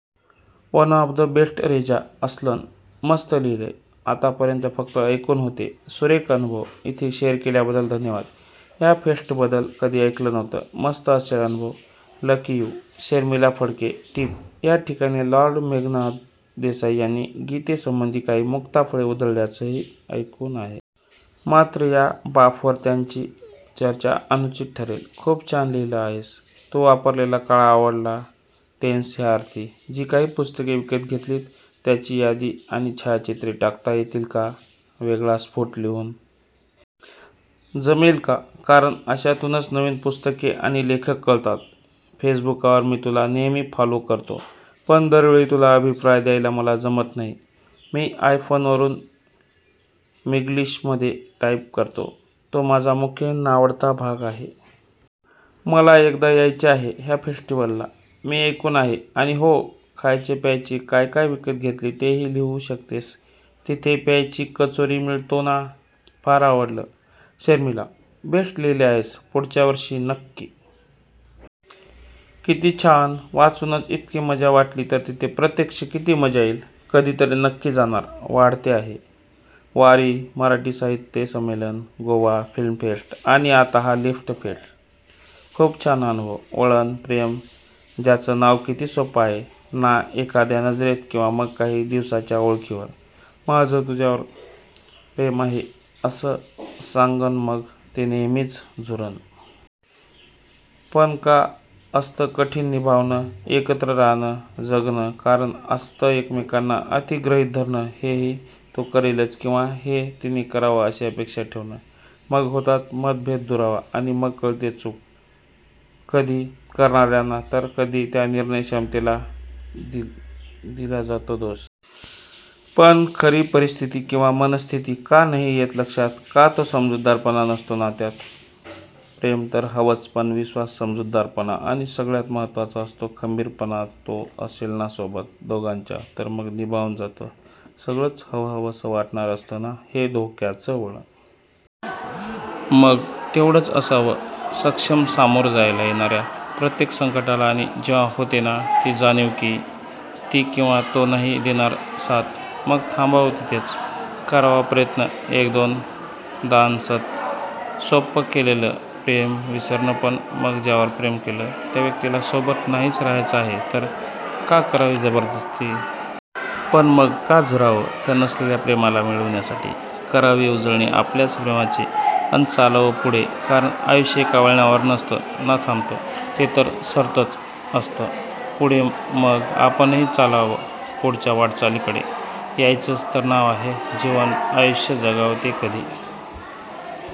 One of the best Reza Aslan. मस्त लिहिलयं! आत्ता पर्यंत फक्त ऐकून होते. सुरेख अनुभव! इथे शेअर केल्याबद्दल धन्यवाद. या फेस्टबद्दल कधी ऐकलं नव्हतं. मस्त असेल अनुभव. Lucky you! शर्मिला फडके, टीप: या ठिकाणी लॉर्ड मेघनाद देसाई यांनी गीतेसंबंधी काही मुक्ताफळे उधळल्याचं ऐकून आहे. मात्र या बाफवर त्याची चर्चा अनुचित ठरेल. खूप छान लिहिलं आहेस. तू वापरलेला काळ आवडला. टेन्स ह्या अर्थी. जी काही पुस्तके विकत घेतलीत त्याची यादी आणि छायाचित्रे टाकता येतील का वेगळा स्फुट लिहून? जमेल का? कारण, अशातूनच नवीन पुस्तके आणि लेखक कळतात. फेसबुकावर मी तुला नेहमी फॉलो करतो पण दरवेळी तुला अभिप्राय द्यायला मला जमत नाही. मी आयफोनवरुन मिन्ग्लिशमधे टाईप करतो. तो माझा मुख्य नावडता भाग आहे. मला एकदा यायचे आहे ह्या फेस्टीवलला. मी ऐकून आहे. आणि हो, खायचे प्यायचे काय काय विकत घेतले तेही लिहू शकतेस. तिथे प्याजची कचोरी मिळतो ना? फार आवडलं! शर्मिला, बेस्ट लिहिले आहेस. पुढल्या वर्षी नक्की!!! कित्ती छान! वाचूनच इतकी मज्जा वाटली तर तिथे प्रत्यक्ष किती मजा येईल! कधीतरी नक्की जाणार! वाढते आहे! वारी, मराठी साहित्य संमेलन, गोवा फिल्म फेस्ट आणि आता हा लिट फेस्ट! खुप छान अनुभव. वळण"प्रेम" ज्याचं नावकिती सोप्प आहे नाएखाद्या नजरेत किंवा मग काही दिवसांच्या ओळखीवर, माझं तुझ्यावर प्रेम आहे असं सांगणंमग ते नेहमीच झुरणं.. पण का असत कठीण निभावणं..? एकत्र राहणं.. जगणंकारण असत एकमेकांना "अति" गृहीत धरणंहे तो करेलच किंवा हे तिने करावं अशी अपेक्षा ठेवणं.. मग होतात मतभेददुरावा अन मग कळते चूक कधी प्रेम करणार्यांना तर कधी त्या निर्णय क्षमतेला तिला जातो दोष.. पण खरी परिस्तिथी किंवा मनःस्तिथी का नाही येत लक्षात? का तो समजूतदारपणा नसतो नात्यात..? प्रेम तर हवंच पण विश्वास, समजूतदारपणाआणि सगळ्यात महत्त्वाचा असतो खंबीरपणातो असेल ना सोबत दोघांच्या तर मग निभावून जात सगळंचहवंहवंसं वाटणार असत ना हे धोक्याचं वळण.. मग तेवढंच असावं सक्षमसामोरं जायला येणाऱ्या प्रत्येक संकटालाआणि जेव्हा होते ना ती जाणीवकी ती किंवा तो नाही देणार साथमग थांबावं तिथेच.. करावा प्रयत्न एक-दोनदानसत सोप्प केलेलं प्रेम विसरणंपण मग ज्यावर प्रेम केलं त्या व्यक्तीला सोबत नाहीच राहायचं आहे तर का करावी जबरदस्ती? पण मग का झुरावं त्या नसलेल्या प्रेमाला मिळवण्यासाठी? करावी उजळणी आपल्याच प्रेमाचीअन चालावं पुढेकारण आयुष्य एका वळणावर नसत ना थांबत.. ते तर सरतंच असत पुढेमग आपणही चालावंपुढच्या वाटचालीकडेयाचंच तर नाव आहे जीवनआयुष्यजगावं तेकधी